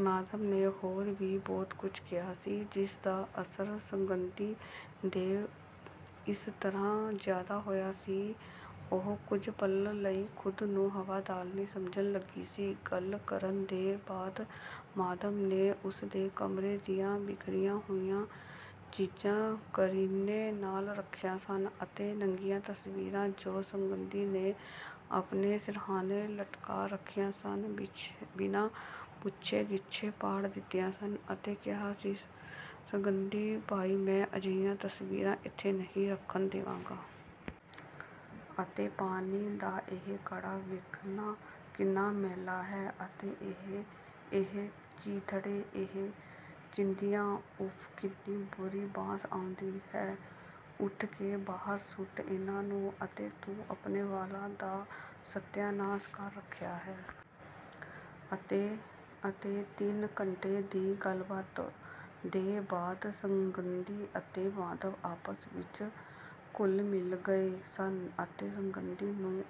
ਮਾਧਵ ਨੇ ਹੋਰ ਵੀ ਬਹੁਤ ਕੁੱਝ ਕਿਹਾ ਸੀ, ਜਿਸਦਾ ਅਸਰ ਸੌਗੰਧੀ ਤੇ ਇਸ ਕਦਰ ਜ਼ਿਆਦਾ ਹੋਇਆ ਸੀ ਕਿ ਉਹ ਕੁਝ ਪਲਾਂ ਲਈ ਖ਼ੁਦ ਨੂੰ ਹਵਾਲਦਾਰਨੀ ਸਮਝਣ ਲੱਗੀ ਸੀ। ਗੱਲਾਂ ਕਰਨ ਦੇ ਬਾਅਦ ਮਾਧਵ ਨੇ ਉਸਦੇ ਕਮਰੇ ਦੀਆਂ ਬਿਖਰੀਆਂ ਹੋਈਆਂ ਚੀਜ਼ਾਂ ਕਰੀਨੇ ਨਾਲ਼ ਰੱਖੀਆਂ ਸਨ ਅਤੇ ਨੰਗੀਆਂ ਤਸਵੀਰਾਂ ਜੋ ਸੌਗੰਧੀ ਨੇ ਆਪਣੇ ਸਿਰਹਾਨੇ ਲਟਕਾ ਰੱਖੀਆਂ ਸਨ, ਬਿਨਾਂ ਪੁੱਛੇ-ਗਿਛੇ ਪਾੜ ਦਿੱਤੀਆਂ ਸਨ ਅਤੇ ਕਿਹਾ ਸੀ, ਸੌਗੰਧੀ, ਭਈ ਮੈਂ ਅਜਿਹੀਆਂ ਤਸਵੀਰਾਂ ਇੱਥੇ ਨਹੀਂ ਰੱਖਣ ਦੇਵਾਂਗਾ। ਅਤੇ ਪਾਣੀ ਦਾ ਇਹ ਘੜਾ, ਵੇਖਣਾ ਕਿੰਨਾ ਮੈਲਾ ਹੈ ਅਤੇ ਇਹ, ਇਹ ਚੀਥੜੇ, ਇਹ ਚਿੰਦੀਆਂ, ਉਫ਼, ਕਿੰਨੀ ਬੁਰੀ ਬਾਸ ਆਉਂਦੀ ਹੈ, ਉਠਾ ਕੇ ਬਾਹਰ ਸੁੱਟ ਇਨ੍ਹਾਂ ਨੂੰ। ਅਤੇ ਤੂੰ ਆਪਣੇ ਵਾਲ਼ਾਂ ਦਾ ਸਤਿਆਨਾਸ ਕਰ ਰੱਖਿਆ ਹੈ। ਅਤੇ, ਅਤੇ। ਤਿੰਨ ਘੰਟੇ ਦੀ ਗੱਲਬਾਤ ਦੇ ਬਾਅਦ ਸੌਗੰਧੀ ਅਤੇ ਮਾਧਵ ਆਪਸ ਵਿੱਚ ਘੁਲ਼ ਮਿਲ਼ ਗਏ ਸਨ ਅਤੇ ਸੌਗੰਧੀ ਨੂੰ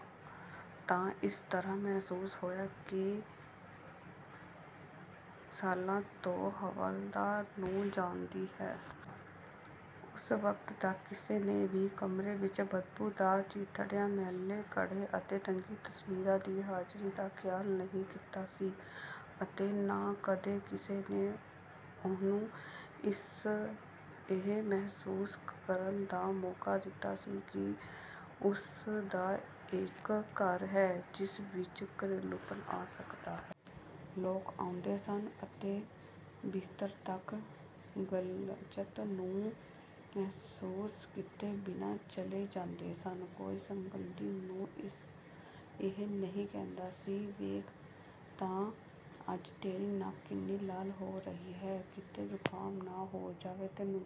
ਤਾਂ ਇਸ ਤਰ੍ਹਾਂ ਮਹਿਸੂਸ ਹੋਇਆ ਸੀ ਕਿ ਸਾਲਾਂ ਤੋਂ ਹਵਾਲਦਾਰ ਨੂੰ ਜਾਣਦੀ ਹੈ। ਉਸ ਵਕਤ ਤੱਕ ਕਿਸੇ ਨੇ ਵੀ ਕਮਰੇ ਵਿੱਚ ਬਦਬੂਦਾਰ ਚੀਥੜਿਆਂ, ਮੈਲੇ ਘੜੇ ਅਤੇ ਨੰਗੀਆਂ ਤਸਵੀਰਾਂ ਦੀ ਹਾਜ਼ਰੀ ਦਾ ਖ਼ਿਆਲ ਨਹੀਂ ਕੀਤਾ ਸੀ ਅਤੇ ਨਾ ਕਦੇ ਕਿਸੇ ਨੇ ਉਹਨੂੰ ਇਹ ਮਹਿਸੂਸ ਕਰਨ ਦਾ ਮੌਕਾ ਦਿੱਤਾ ਸੀ ਕਿ ਉਸਦਾ ਇੱਕ ਘਰ ਹੈ ਜਿਸ ਵਿੱਚ ਘਰੇਲੂਪਣ ਆ ਸਕਦਾ ਹੈ। ਲੋਕ ਆਉਂਦੇ ਸਨ ਅਤੇ ਬਿਸਤਰ ਤੱਕ ਗ਼ਲਾਜ਼ਤ ਨੂੰ ਮਹਿਸੂਸ ਕੀਤੇ ਬਿਨਾਂ ਚਲੇ ਜਾਂਦੇ ਸਨ। ਕੋਈ ਸੌਗੰਧੀ ਨੂੰ ਇਹ ਨਹੀਂ ਕਹਿੰਦਾ ਸੀ, ਵੇਖ ਤਾਂ ਅੱਜ ਤੇਰੀ ਨੱਕ ਕਿੰਨੀ ਲਾਲ਼ ਹੋ ਰਹੀ ਹੈ, ਕਿਤੇ ਜੁਕਾਮ ਨਾ ਹੋ ਜਾਵੇ ਤੈਨੂੰ।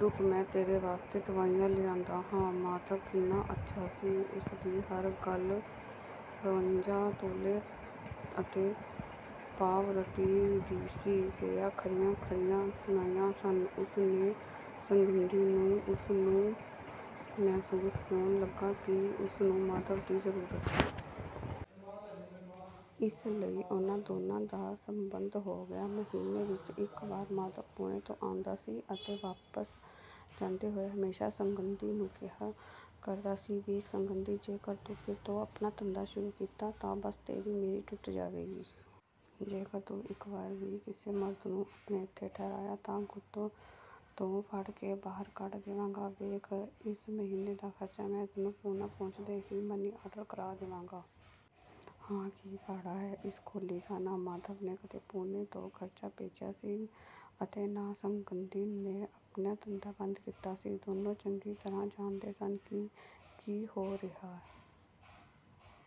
ਰੁੱਕ ਮੈਂ ਤੇਰੇ ਵਾਸਤੇ ਦਵਾਈ ਲਿਆਂਦਾ ਹਾਂ। ਮਾਧਵ ਕਿੰਨਾ ਅੱਛਾ ਸੀ, ਉਸਦੀ ਹਰ ਗੱਲ ਬਵੰਜਾ ਤੋਲੇ ਅਤੇ ਪਾਵ-ਰੱਤੀ ਦੀ ਸੀ। ਕਿਆ ਖਰੀਆਂ ਖਰੀਆਂ ਸੁਣਾਈਆਂ ਸਨ ਉਸਨੇ ਸੌਗੰਧੀ ਨੂੰ। ਉਸਨੂੰ ਮਹਿਸੂਸ ਹੋਣ ਲੱਗਾ ਕਿ ਉਸਨੂੰ ਮਾਧਵ ਦੀ ਜ਼ਰੂਰਤ ਹੈ। ਇਸ ਲਈ ਉਨ੍ਹਾਂ ਦੋਨਾਂ ਦਾ ਸੰਬੰਧ ਹੋ ਗਿਆ। ਮਹੀਨੇ ਵਿੱਚ ਇੱਕ ਵਾਰ ਮਾਧਵ ਪੂਨੇ ਤੋਂ ਆਉਂਦਾ ਸੀ ਅਤੇ ਵਾਪਸ ਜਾਂਦੇ ਹੋਏ ਹਮੇਸ਼ਾ ਸੌਗੰਧੀ ਨੂੰ ਕਿਹਾ ਕਰਦਾ ਸੀ, ਵੇਖ ਸੌਗੰਧੀ! ਜੇਕਰ ਤੂੰ ਫਿਰ ਤੋਂ ਆਪਣਾ ਧੰਦਾ ਸ਼ੁਰੂ ਕੀਤਾ ਤਾਂ ਬਸ ਤੇਰੀ ਮੇਰੀ ਟੁੱਟ ਜਾਵੇਗੀ। ਜੇਕਰ ਤੂੰ ਇੱਕ ਵਾਰ ਵੀ ਕਿਸੇ ਮਰਦ ਨੂੰ ਆਪਣੇ ਇੱਥੇ ਠਹਿਰਾਇਆ ਤਾਂ ਗੁੱਤ ਤੋਂ ਫੜ ਕੇ ਬਾਹਰ ਕੱਢ ਦੇਵਾਂਗਾ। ਵੇਖ ਇਸ ਮਹੀਨੇ ਦਾ ਖ਼ਰਚ ਮੈਂ ਤੈਨੂੰ ਪੂਨਾ ਪੁੱਜਦੇ ਹੀ ਮਨੀ ਆਰਡਰ ਕਰ ਦੇਵਾਂਗਾ। ਹਾਂ, ਕੀ ਭਾੜਾ ਹੈ ਇਸ ਖੋਲੀ ਦਾ। ਨਾ ਮਾਧਵ ਨੇ ਕਦੇ ਪੂਨਾ ਤੋਂ ਖ਼ਰਚ ਭੇਜਿਆ ਸੀ ਅਤੇ ਨਾ ਸੌਗੰਧੀ ਨੇ ਆਪਣਾ ਧੰਦਾ ਬੰਦ ਕੀਤਾ ਸੀ। ਦੋਨਾਂ ਚੰਗੀ ਤਰ੍ਹਾਂ ਜਾਣਦੇ ਸਨ ਕਿ ਕੀ ਹੋ ਰਿਹਾ।